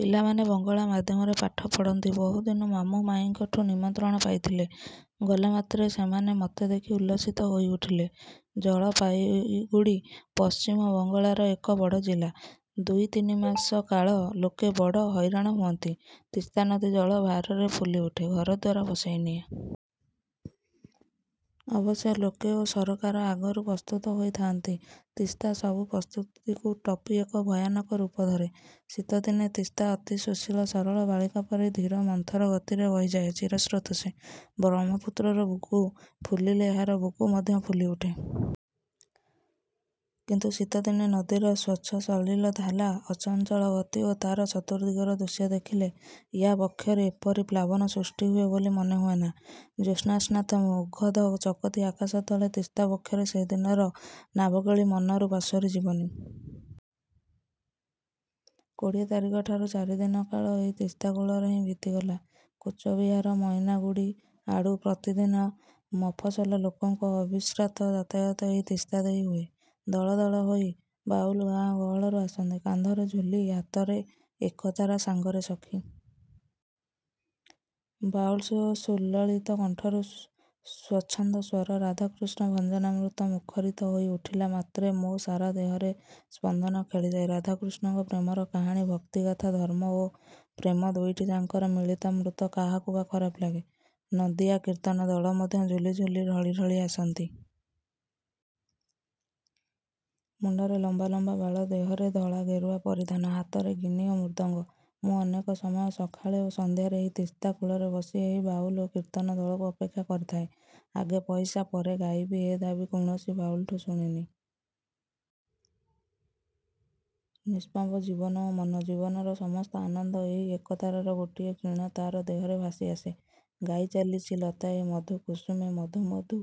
ପିଲାମାନେ ବଙ୍ଗଳା ମାଧ୍ୟମରେ ପାଠ ପଢ଼ନ୍ତି। ବହୁଦିନୁ ମାମୁଁ ମାଇଁଙ୍କଠୁ ନିମନ୍ତ୍ରଣ ପାଇଥିଲି। ଗଲାମାତ୍ରେ ସେମାନେ ମତେ ଦେଖି ଉଲ୍ଲସିତ ହୋଇ ଉଠିଲେ। ଜଳପାଇଗୁଡ଼ି ପଶ୍ଚିମବଙ୍ଗଳାର ଏକ ବଡ଼ ଜିଲ୍ଲା। ଦୁଇତିନି ମାସ କାଳ ଲୋକେ ବଡ଼ ହଇରାଣ ହୁଅନ୍ତି। ତିସ୍ତାନଦୀ ଜଳ ଭାରରେ ଫୁଲି ଉଠେ, ଘରଦ୍ୱାର ଭସେଇ ନିଏ। ଅବଶ୍ୟ ଲୋକେ ଓ ସରକାର ଆଗରୁ ପ୍ରସ୍ତୁତ ହୋଇଥାଆନ୍ତି। ତିସ୍ତା ସବୁ ପ୍ରସ୍ତୁତିକୁ ଟପି ଏକ ଭୟାନକ ରୂପ ଧରେ। ଶୀତଦିନେ ତିସ୍ତା ଅତି ସୁଶୀଳ ସରଳା ବାଳିକା ପରି ଧୀର ମନ୍ଥର ଗତିରେ ବହିଯାଏ। ଚିରସ୍ରୋତ ସେ। ବ୍ରହ୍ମପୁତ୍ରର ବୁକୁ ଫୁଲିଲେ ଏହାର ବୁକୁ ମଧ୍ୟ ଫୁଲିଉଠେ। କିନ୍ତୁ ଶୀତ ଦିନେ ନଦୀର ସ୍ୱଚ୍ଛ ସଲିଳ ଧାରା, ଅଚଞ୍ଚଳ ଗତି ଓ ତାର ଚତୁର୍ଦ୍ଦିଗର ଦୃଶ୍ୟ ଦେଖିଲେ, ୟା ବକ୍ଷରେ ଏପରି ପ୍ଳାବନ ସୃଷ୍ଟି ହୁଏ ବୋଲି ମନେହୁଏନା। ଜ୍ୟେତ୍ସ୍ନାସ୍ନାତ ମୁଗଧ ଚକିତ ଆକାଶ ତଳେ ତିସ୍ତା ବକ୍ଷରେ ସେଦିନର ନାବକେଳି ମନରୁ ପାସୋରି ଯିବନି। କୋଡ଼ିଏ ତାରିଖଠାରୁ ଚାରିଦିନ କାଳ ଏହି ତିସ୍ତା କୂଳରେ ହିଁ ବିତିଗଲା। କୁଚବିହାର, ମଇନାଗୁଡ଼ି ଆଡ଼ୁ ପ୍ରତିଦିନ ମଫସଲଲୋକଙ୍କ ଅବିଶ୍ରାନ୍ତ ଯାତାୟତ ଏହି ତିସ୍ତା ଦେଇ ହୁଏ। ଦଳ ଦଳ ହୋଇ ବାଉଲ୍ ଗାଁ ଗହଳରୁ ଆସନ୍ତି। କାନ୍ଧରେ ଝୁଲି, ହାତରେ ଏକତାରା, ସାଙ୍ଗରେ ସଖୀ। ବାଉଲ୍ର ସୁଲଳିତ କଣ୍ଠରୁ ସ୍ୱଚ୍ଛନ୍ଦ ସ୍ୱର, ରାଧାକୃଷ୍ଣ ଭଜନାମୃତ ମୁଖରିତ ହୋଇ ଉଠିଲା ମାତ୍ରେ ମୋ ସାରା ଦେହରେ ସ୍ପନ୍ଦନ ଖେଳିଯାଏ। ରାଧାକୃଷ୍ଣଙ୍କ ପ୍ରେମର କାହାଣୀ, ଭକ୍ତିଗାଥା ଧର୍ମ ଓ ପ୍ରେମ ଦୁଇଟିଯାକର ମିଳିତାମୃତ କାହାକୁ ବା ଖରାପ ଲାଗେ। ନଦିୟା କୀର୍ତ୍ତନ ଦଳ ମଧ୍ୟ ଝୁଲି ଝୁଲି ଢଳି ଢଳି ଆସନ୍ତି। ମୁଣ୍ଡରେ ଲମ୍ବା ଲମ୍ବା ବାଳ–ଦେହରେ ଧଳା ଗେରୁଆ ପରିଧାନ, ହାତରେ ଗିନି ଓ ମୁର୍ଦ୍ଦଙ୍ଗ। ମୁଁ ଅନେକ ସମୟ ସକାଳେ ଓ ସନ୍ଧ୍ୟାରେ ଏହି ତିସ୍ତା କୂଳରେ ବସି ଏହି ବାଉଲ୍ ଓ କୀର୍ତ୍ତନ ଦଳକୁ ଅପେକ୍ଷା କରିଥାଏ। ଆଗେ ପଇସା, ପରେ ଗାଇବି ଏ ଦାବୀ କୌଣସି ବାଉଲ୍ ଠୁ ଶୁଣିନି। ନିଷ୍କାମ ଜୀବନ ଓ ମନ। ଜୀବନର ସମସ୍ତ ଆନନ୍ଦ ଏହି ଏକତାରାର ଗୋଟିଏ କ୍ଷୀଣ ତାର ଦେହରେ ଭାସି ଆସେ-। ଗାଇ ଚାଲିଚି– ''ଲତାୟେ ମଧୁ, କୁସୁମେ ମଧୁ ମଧୁ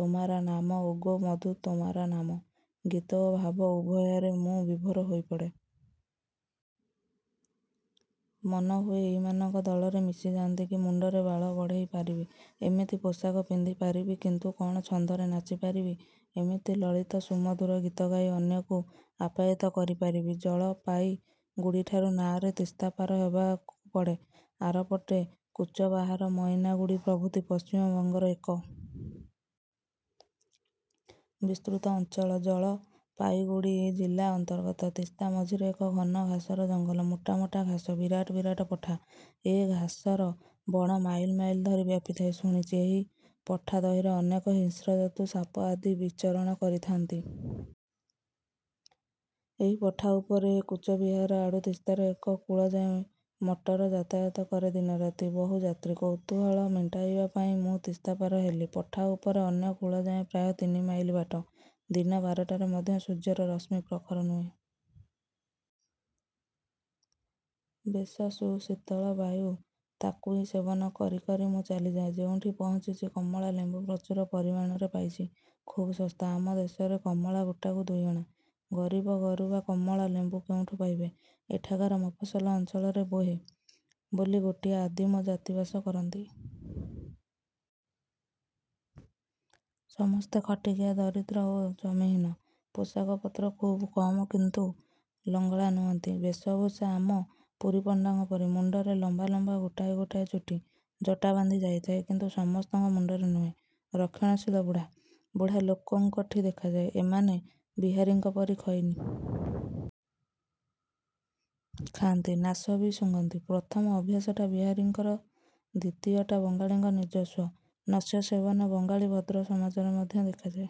ତୋମାର ନାମ ଓଗୋ ମଧୁ ତୋମାର ନାମ। '' ଗୀତ ଓ ଭାବ ଉଭୟରେ ମୁଁ ବିଭୋର ହୋଇପଡ଼େ। ମନହୁଏ ଏଇମାନଙ୍କ ଦଳରେ ମିଶିଯାଆନ୍ତି କି! ମୁଣ୍ଡରେ ବାଳ ବଢ଼େଇ ପାରିବି–ଏମିତି ପୋଷାକ ପିନ୍ଧ ପାରିବି–କିନ୍ତୁ କ'ଣ ଛନ୍ଦରେ ନାଚି ପାରିବି? ଏମିତି ଲଳିତ ସୁମଧୁର ଗୀତ ଗାଇ ଅନ୍ୟକୁ ଆପ୍ୟାୟିତ କରି ପାରିବ? ଜଳପାଇଗୁଡ଼ିଠାରୁ ନାଆରେ ତିସ୍ତା ପାର ହେବାକୁ ପଡ଼େ। ଆରପଟେ କୁଚବାହାର, ମଇନାଗୁଡ଼ି ପ୍ରଭୃତି ପଶ୍ଚିମବଙ୍ଗର ଏକ। ବିସ୍ତୃତ ଅଞ୍ଚଳ–ଜଳପାଇଗୁଡ଼ି ଜିଲା ଅନ୍ତର୍ଗତ। ତିସ୍ତା ମଝିରେ ଏକ ଘନ ଘାସର ଜଙ୍ଗଲ। ମୋଟା ମୋଟା ଘାସ। ବିରାଟ ବିରାଟ ପଠା। ଏ ଘାସର ବଣ ମାଇଲ ମାଇଲ ଧରି ବ୍ୟାପିଥାଏ। ଶୁଣିଚି, ଏହି ପଠା ଦହିରେ ଅନେକ ହିଂସ୍ର ଜନ୍ତୁ, ସାପ ଆଦି ବିଚରଣ କରି-ଥାଆନ୍ତି। ଏହି ପଠା ଉପରେ କୁଚବିହାର ଆଡ଼ୁ ତିସ୍ତାର ଏ କୂଳଯାଏଁ ମଟର ଯାତାୟାତ କରେ ଦିନରାତି। ବହୁ ଯାତ୍ରୀ। କୌତୁହଳ ମେଣ୍ଟାଇବାପାଇଁ ମୁଁ ତିସ୍ତା ପାର ହେଲି। ପଠା ଉପରେ ଅନ୍ୟ କୂଳଯାଏ ପ୍ରାୟ ତିନି ମାଇଲ ବାଟ। ଦିନ ବାରଟାରେ ମଧ୍ୟ ସୂର୍ଯ୍ୟର ରଶ୍ମି ପ୍ରଖର ନୁହେଁ। ବେଶ ସୁଶୀତଳ ବାୟୁ ତାକୁଇ ସେବନ କରି କରି ମୁଁ ଚାଲିଯାଏ। ଯେଉଁଠି ପହଞ୍ଚିଚି–କମଳା ଲେମ୍ବୁ ପ୍ରଚୁର ପରିମାଣରେ ପାଇଚି। ଖୁବ୍ ଶସ୍ତା। ଆମ ଦେଶରେ କମଳା ଗୋଟାକୁ ଦୁଇଅଣା। ଗରିବ ଗରୁବା କମଳା ଲେମ୍ବୁ କେଉଁଠୁ ପାଇବେ? 'ଏଠାକାର ମଫସଲ ଅଞ୍ଚଳରେ 'ବୋହେ'' ବୋଲି ଗୋଟିଏ ଆଦିମ ଜାତି ବାସ କରନ୍ତି-। ସମସ୍ତେ ଖଟିଟିଆ, ଦରିଦ୍ର ଓ ଜମିହୀନ। ପୋଷାକପତ୍ର ଖୁବ୍ କମ୍ କିନ୍ତୁ ଲଙ୍ଗଳା ନୁହନ୍ତି-। ବେଷଭୂଷା ଆମ, ପୁରୀପଣ୍ଡାଙ୍କ ପରି। ମୁଣ୍ଡରେ ଲମ୍ବାଲମ୍ବା ଗୋଟାଏ ଗୋଟାଏ ଚୁଟି। ଜଟା ବାନ୍ଧି ଯାଇଥାଏ; କିନ୍ତୁ ସମସ୍ତଙ୍କ ମୁଣ୍ଡରେ ନୁହେଁ। ରକ୍ଷଣଶୀଳ ବୁଢ଼ା, ବୁଢ଼ା ଲୋକଙ୍କଠି ଦେଖାଯାଏ-। ଏମାନେ ବିହାରୀଙ୍କ ପରି ଖଇନି। ଖାଆନ୍ତି। ନାଶ ବି ଶୁଙ୍ଘନ୍ତି। ପ୍ରଥମ ଅଭ୍ୟାସଟା ବିହାରୀଙ୍କର–ଦ୍ୱିତୀୟଟା ବଙ୍ଗଳୀଙ୍କ ନିଜସ୍ୱ। ନସ୍ୟସେବନ ବଙ୍ଗାଳୀ ଭଦ୍ର ସମାଜରେ ମଧ୍ୟ ଦେଖାଯାଏ।